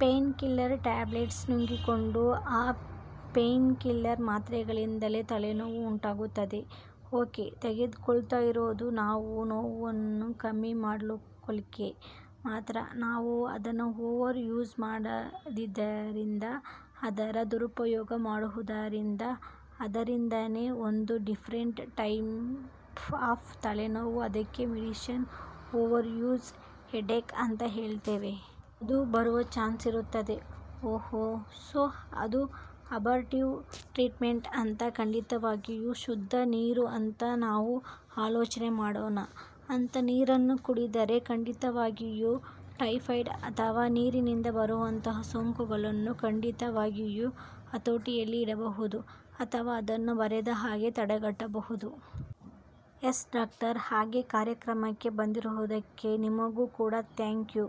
Pain killer tablets ನುಂಗಿಕೊಂಡು ಆ painkiller ಮಾತ್ರೆಗಳಿಂದಲೇ ತಲೆನೋವು ಉಂಟಾಗುತ್ತದೆ. ಓಕೆ ತೆಕ್ಕೊಳ್ತಾ ಇರೋದು ನಾವು ನೋವನ್ನ ಕಮ್ಮಿ ಮಾಡಿಕೊಳ್ಳಿಕ್ಕೆ ಮಾತ್ರ ನಾವು ಅದನ್ನ ಓವರ್ ಯೂಸ್ ಮಾಡಿದ್ದರಿಂದ ಅದರ ದುರುಪಯೋಗ ಮಾಡುವುದರಿಂದ ಅದರಿಂದನೇ ಒಂದು ಡಿಫರೆಂಟ್ ಟೈಪ್ ಆಫ್ ತಲೆನೋವು ಅದಕ್ಕೆ ಮೆಡಿಕೇಶನ್ ಓವರ್ ಯೂಸ್ ಹೆಡ್ಕ್ ಅಂತ ಹೇಳ್ತೇವೆ. ಅದು ಬರುವ ಚಾನ್ಸ್ ಇರುತ್ತದೆ. ಹು ಹು ಸೊ ಅದು ಅಬಾರ್ಟಿವ್ ಟ್ರೀಟ್ಮೆಂಟ್ ಅಂತ. ಖಂಡಿತವಾಗಿಯೂ ಶುದ್ಧ ನೀರು ಅಂತ ನಾವು ಆಲೋಚನೆ ಮಾಡೋಣ ಅಂತ ನೀರನ್ನು ಕುಡಿದರೆ ಖಂಡಿತವಾಗಿಯೂ ಟೈಫಾಯ್ಡ್ ಅಥವಾ ನೀರಿಂದ ಬರುವಂತಹ ಸೋಂಕುಗಳನ್ನು ಖಂಡಿತವಾಗಿಯೂ ಹತೋಟಿಯಲ್ಲಿ ಇಡಬಹುದು ಅಥವಾ ಅದನ್ನು ಬರೆದ ಹಾಗೆ ತಡೆಗಟ್ಟಬಹುದು. ಎಸ್ ಡಾಕ್ಟರ್ ಹಾಗೆ ಕಾರ್ಯಕ್ರಮಕ್ಕೆ ಬಂದಿರುವುದಕ್ಕೆ ನಿಮಗೂ ಕೂಡ thank you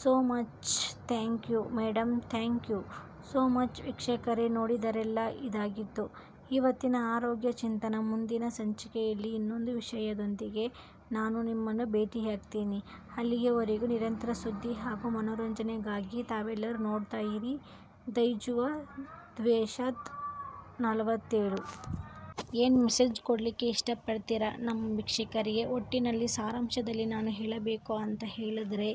so much thank you madam thank you so much ವೀಕ್ಷಕರೇ ನೋಡಿದ್ರಲ್ಲ ಇದಾಗಿತ್ತು ಇವತ್ತಿನ ಆರೋಗ್ಯ ಚಿಂತನ ಮುಂದಿನ ಸಂಚಿಕೆಯಲ್ಲಿ ಇನ್ನೊಂದು ವಿಷಯದೊಂದಿಗೆ ನಾನು ನಿಮ್ಮನ್ನ ಭೇಟಿಯಾಗ್ತೀನಿ ಅಲ್ಲಿಯವರೆಗೂ ನಿರಂತರ ಸುದ್ದಿ ಹಾಗೂ ಮನೋರಂಜನೆಗಾಗಿ ತಾವೆಲ್ಲರೂ ನೋಡ್ತಾ ಇರಿ ದೈಜುವ ದ್ವಿಶತ ನಲವತ್ತೇಳು. ಏನ್ ಮೆಸೇಜ್ ಕೊಡ್ಲಿಕ್ಕೆ ಇಷ್ಟ ಪಡ್ತೀರಾ ನಮ್ಮ ವೀಕ್ಷಕರಿಗೆ ಒಟ್ಟಿನಲ್ಲಿ ಸಾರಾಂಶದಲ್ಲಿ ನಾನು ಹೇಳಬೇಕು ಅಂತ ಹೇಳಿದ್ರೆ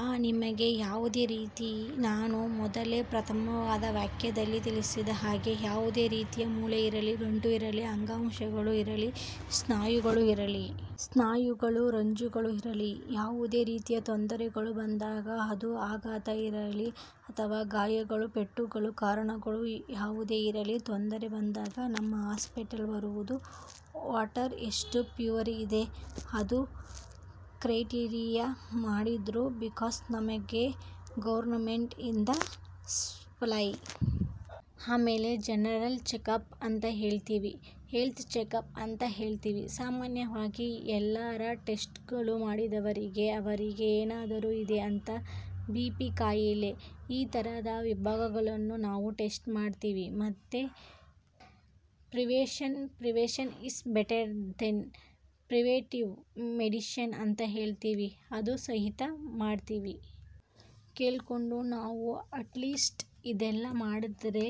ಆ ನಿಮಗೆ ಯಾವುದೇ ರೀತಿಯ ನಾನು ಮೊದಲೇ ಪ್ರಥಮವಾದ ವಾಕ್ಯದಲ್ಲಿ ತಿಳಿಸಿದ ಹಾಗೆ ಯಾವುದೇ ರೀತಿಯ ಮೂಳೆ ಇರಲಿ ಗಂಟು ಇರಲಿ ಅಂಗಾಂಶಗಳು ಇರಲಿ ಸ್ನಾಯುಗಳು ಇರಲಿ ಸ್ನಾಯುಗಳು ರಜ್ಜುಗಳು ಇರಲಿ ಯಾವುದೇ ರೀತಿಯ ತೊಂದರೆಗಳು ಬಂದಾಗ ಅದು ಆಘಾತ ಇರಲಿ ಅಥವಾ ಗಾಯಗಳು ಪೆಟ್ಟುಗಳು ಕಾರಣಗಳು ಯಾವುದೇ ಇರಲಿ ತೊಂದರೆ ಬಂದಾಗ ನಮ್ಮ ಹಾಸ್ಪಿಟಲ್ ಬರೋದು ವಾಟರ್ ಎಷ್ಟು ಪ್ಯೂರ್ ಇದೆ ಅದು ಕ್ರೈಟೀರಿಯಾ ಮಾಡಿದ್ರು ಬಿಕಾಸ್ ನಮಗೆ ಗೌರ್ನಮೆಂಟ್ ಇಂದ ಸಪ್ಲೈ ಆಮೇಲೆ ಜನರಲ್ ಚೆಕ್ಅಪ್ ಅಂತ ಹೇಳ್ತೀವಿ. ಹೆಲ್ತ್ ಚೆಕ್ಅಪ್ ಅಂತ ಹೇಳ್ತೀವಿ. ಸಾಮಾನ್ಯವಾಗಿ ಎಲ್ಲರ ಟೆಸ್ಟ್ ಗಳು ಮಾಡಿದವರಿಗೆ ಅವರಿಗೆ ಏನಾದರೂ ಇದೆ ಅಂತ ಬಿಪಿ ಕಾಯಿಲೆ ಈ ತರದ ವಿಭಾಗಗಳನ್ನು ನಾವು ಟೆಸ್ಟ್ ಮಾಡ್ತೀವಿ ಮತ್ತೆ prevention prevention is better than preventive medicine ಅಂತ ಹೇಳ್ತಿವಿ ಅದು ಸಹಿತ ಮಾಡ್ತೀವಿ. ಕೇಳ್ಕೊಂಡು ನಾವು ಅಟ್ಲೀಸ್ಟ್ ಇದೆಲ್ಲ ಮಾಡಿದ್ರೆ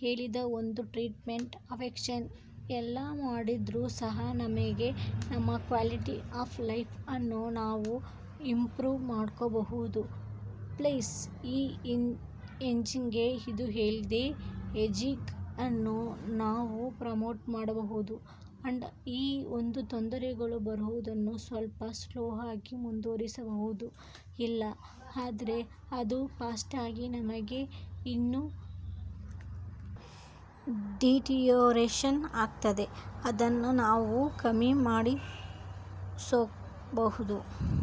ಹೇಳಿದ ಒಂದು ಟ್ರೀಟ್ಮೆಂಟ್ ಆಪ್ಷನ್ಸ್ ಎಲ್ಲ ಮಾಡಿದ್ರು ಸಹ ನಮಗೆ ನಮ್ಮ ಕ್ವಾಲಿಟಿ ಆಫ್ ಲೈಫ್ ಅನ್ನು ನಾವು ಇಂಪ್ರೂವ್ ಮಾಡ್ಕೋಬಹುದು ಪ್ಲಸ್ ಈ ಏಜಿಂಗ್ ಇದು ಹೆಲ್ದಿ ಏಜಿಂಗ್ ಅನ್ನು ನಾವು ಪ್ರಮೋಟ್ ಮಾಡಬಹುದು ಅಂಡ್ ಈ ಒಂದು ತೊಂದರೆಗಳು ಬರೋದನ್ನು ಸ್ವಲ್ಪ ಸ್ಲೋ ಆಗಿ ಮುಂದುವರಿಸಬಹುದು ಇಲ್ಲ ಅಂದ್ರೆ ಅದು ಫಾಸ್ಟ್ ಆಗಿ ನಮಗೆ ಇನ್ನು ಡಿಟಿಯೋರೇಷನ್ ಆಗ್ತದೆ ಅದನ್ನ ನಾವು ಕಮ್ಮಿ ಮಾಡಿಸ್ಕೊಬಹುದು.